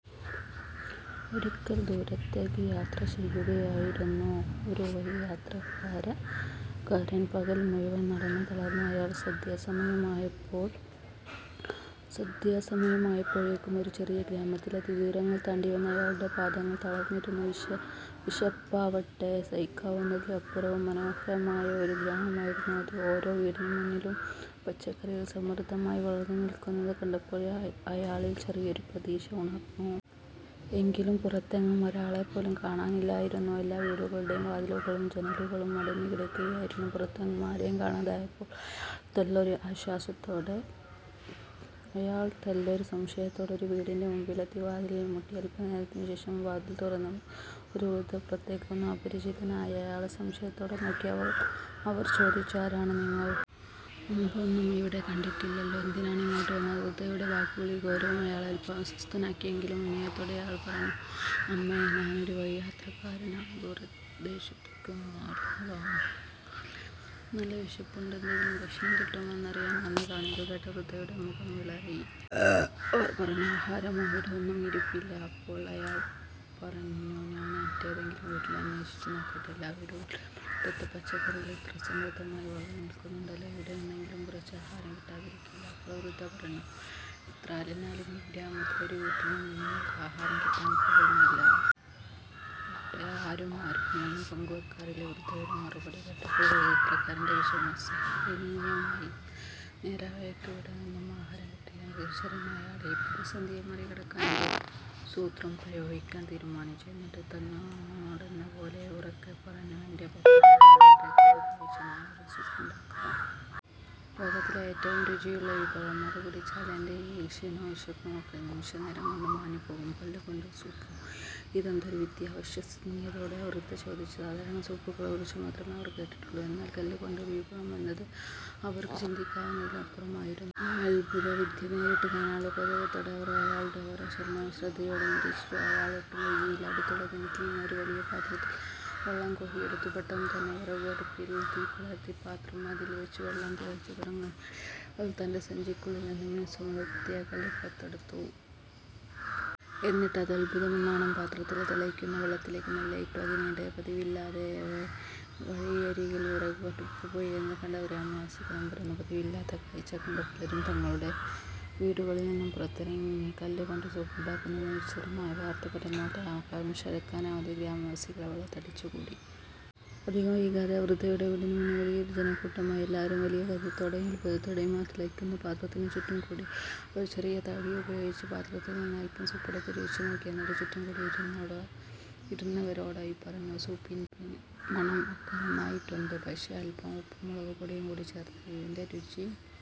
ഒരിക്കൽ, ദൂരദേശത്തേക്ക് യാത്ര ചെയ്യുകയായിരുന്നു ഒരു വഴിയാത്രക്കാരൻ. പകൽ മുഴുവൻ നടന്ന് തളർന്ന അയാൾ സന്ധ്യാസമയമായപ്പോഴേക്കും ഒരു ചെറിയ ഗ്രാമത്തിലെത്തി. ദൂരങ്ങൾ താണ്ടി വന്ന അയാളുടെ പാദങ്ങൾ തളർന്നിരുന്നു. വിശപ്പാവട്ടെ സഹിക്കാവുന്നതിലും അപ്പുറവും. മനോഹരമായ ഒരു ഗ്രാമമായിരുന്നു അത്. ഓരോ വീടിനു മുന്നിലും പച്ചക്കറികൾ സമൃദ്ധമായി വളർന്നു നിൽക്കുന്നത് കണ്ടപ്പോൾ അയാളിൽ ചെറിയൊരു പ്രതീക്ഷ ഉണർന്നു. എങ്കിലും, പുറത്തെങ്ങും ഒരാളെപ്പോലും കാണാനില്ലായിരുന്നു. എല്ലാ വീടുകളുടെയും വാതിലുകളും ജനലുകളും അടഞ്ഞുകിടക്കുകയായിരുന്നു. പുറത്തെങ്ങും ആരെയും കാണാതായപ്പോൾ അയാൾ തെല്ലൊരു സംശയത്തോടെ ഒരു വീടിന്റെ മുൻപിലെത്തി വാതിലിൽ മുട്ടി. അല്പനേരത്തിന് ശേഷം വാതിൽ തുറന്ന് ഒരു വൃദ്ധ പുറത്തേക്ക് വന്നു. അപരിചിതനായ അയാളെ സംശയത്തോടെ നോക്കി അവർ ചോദിച്ചു, "ആരാണ് നിങ്ങൾ? മുൻപൊന്നും ഇവിടെ കണ്ടിട്ടില്ലല്ലോ? എന്തിനാണ് ഇങ്ങോട്ട് വന്നത്? വൃദ്ധയുടെ വാക്കുകളിലെ ഗൗരവം അയാളെ അല്പം അസ്വസ്ഥനാക്കി. എങ്കിലും, വിനയത്തോടെ അയാൾ പറഞ്ഞു "അമ്മേ, ഞാനൊരു വഴിയാത്രക്കാരനാണ്. ദൂരദേശത്തു നിന്നും വരുന്നതാണ്. നല്ല വിശപ്പുണ്ട്, എന്തെങ്കിലും ഭക്ഷണം കിട്ടുമോ എന്നറിയാൻ വന്നതാണ്. " ഇതുകേട്ട വൃദ്ധയുടെ മുഖം വിളറി. അവർ പറഞ്ഞു "ആഹാരമോ, ഇവിടെ ഒന്നും ഇരിപ്പില്ല. " അപ്പോൾ അയാൾ പറഞ്ഞു "ഞാൻ മറ്റേതെങ്കിലും വീട്ടിൽ അന്വേഷിച്ചു നോക്കട്ടെ. എല്ലാ വീടുകളുടെയും മുറ്റത്ത് പച്ചക്കറികൾ ഇത്ര സമൃദ്ധമായി വളർന്നു നിൽക്കുന്നുണ്ടല്ലോ. എവിടെ നിന്നെങ്കിലും കുറച്ച് ആഹാരം കിട്ടാതിരിക്കില്ല. അപ്പോൾ വൃദ്ധ പറഞ്ഞു "എത്ര അലഞ്ഞാലും ഈ ഗ്രാമത്തിലെ ഒരു വീട്ടിൽ നിന്നും നിങ്ങൾക്ക് ആഹാരം കിട്ടാൻ പോകുന്നില്ല. ഇവിടെ ആരും ആർക്കും ഒന്നും പങ്കുവെക്കാറില്ല. " വൃദ്ധയുടെ മറുപടി കേട്ടപ്പോൾ വഴിയാത്രക്കാരന്റെ വിശപ്പ് അസഹനീയമായി. നേരായ വഴിക്ക് ഇവിടെ നിന്നും ആഹാരം കിട്ടില്ലെന്ന് തിരിച്ചറിഞ്ഞ അയാൾ, ഈ പ്രതിസന്ധിയെ മറികടക്കാൻ ഒരു സൂത്രം പ്രയോഗിക്കാൻ തീരുമാനിച്ചു. എന്നിട്ട് തന്നോടെന്ന പോലെ ഉറക്കെ പറഞ്ഞു "എന്റെ പക്കലുള്ള ഈ മാന്ത്രികക്കല്ല് ഉപയോഗിച്ച് ഞാൻ ഒരു സൂപ്പുണ്ടാക്കാം. ലോകത്തിലെ ഏറ്റവും രുചിയുള്ള വിഭവം! അത് കുടിച്ചാൽ എന്റെ ഈ ക്ഷീണവും വിശപ്പും ഒക്കെ നിമിഷനേരം കൊണ്ട് മാഞ്ഞുപോകും. " "കല്ലുകൊണ്ട് സൂപ്പോ? ഇതെന്തൊരു വിദ്യ? " അവിശ്വസനീയതയോടെ ആ വൃദ്ധ ചോദിച്ചു. സാധാരണ സൂപ്പുകളെക്കുറിച്ച് മാത്രമേ അവർ കേട്ടിട്ടുള്ളൂ, എന്നാൽ കല്ലുകൊണ്ട് ഒരു വിഭവം എന്നത് അവർക്ക് ചിന്തിക്കാവുന്നതിലും അപ്പുറമായിരുന്നു. ആ അത്ഭുതവിദ്യ നേരിട്ട് കാണാനുള്ള കൗതുകത്തോടെ, അവർ അയാളുടെ ഓരോ ചലനവും ശ്രദ്ധയോടെ നിരീക്ഷിച്ചു. അയാൾ ഒട്ടും വൈകിയില്ല. അടുത്തുള്ള കിണറ്റിൽ നിന്ന് ഒരു വലിയ പാത്രത്തിൽ വെള്ളം കോരിയെടുത്തു. പെട്ടെന്നുതന്നെ വിറകടുപ്പിൽ തീ പടർത്തി പാത്രം അതിൽ വെച്ചു. വെള്ളം തിളച്ചു തുടങ്ങുന്നതിനിടയിൽ, അയാൾ തന്റെ സഞ്ചിക്കുള്ളിൽ നിന്ന് മിനുസമുള്ള ഒരു പ്രത്യേക കല്ല് പുറത്തെടുത്തു. എന്നിട്ട് അത് അത്ഭുതമെന്നോണം പാത്രത്തിലെ തിളയ്ക്കുന്ന വെള്ളത്തിലേക്ക് മെല്ലെ ഇട്ടു. അതിനിടെ, പതിവില്ലാതെ വഴിയരികിൽ വിറകടുപ്പ് പുകയുന്നത് കണ്ട ഗ്രാമവാസികൾ അമ്പരന്നു. പതിവില്ലാത്ത കാഴ്ച കണ്ട് പലരും തങ്ങളുടെ വീടുകളിൽ നിന്നും പുറത്തിറങ്ങി. കല്ലു കൊണ്ട് സൂപ്പുണ്ടാക്കുന്നു എന്ന വിചിത്രമായ വാർത്ത പരന്നതോടെ, ആകാംക്ഷ അടക്കാനാവാതെ ഗ്രാമവാസികൾ അവിടെ തടിച്ചുകൂടി. അധികം വൈകാതെ ആ വൃദ്ധയുടെ വീടിനു മുന്നിൽ വലിയൊരു ജനക്കൂട്ടമായി. എല്ലാവരും വലിയ കൗതുകത്തോടെയും അത്ഭുതത്തോടെയും ആ തിളയ്ക്കുന്ന പാത്രത്തിന് ചുറ്റും കൂടി. അയാൾ ഒരു ചെറിയ തവി ഉപയോഗിച്ച് പാത്രത്തിൽ നിന്ന് അല്പം സൂപ്പെടുത്ത് രുചിച്ചു നോക്കി. എന്നിട്ട് ചുറ്റും കൂടിയിരുന്നവരോടായി പറഞ്ഞു "സൂപ്പിന്റെ മണം ഒക്കെ നന്നായിട്ടുണ്ട്, പക്ഷേ അല്പം ഉപ്പും മുളകുപൊടിയും കൂടി ചേർത്താൽ ഇതിന്റെ രുചി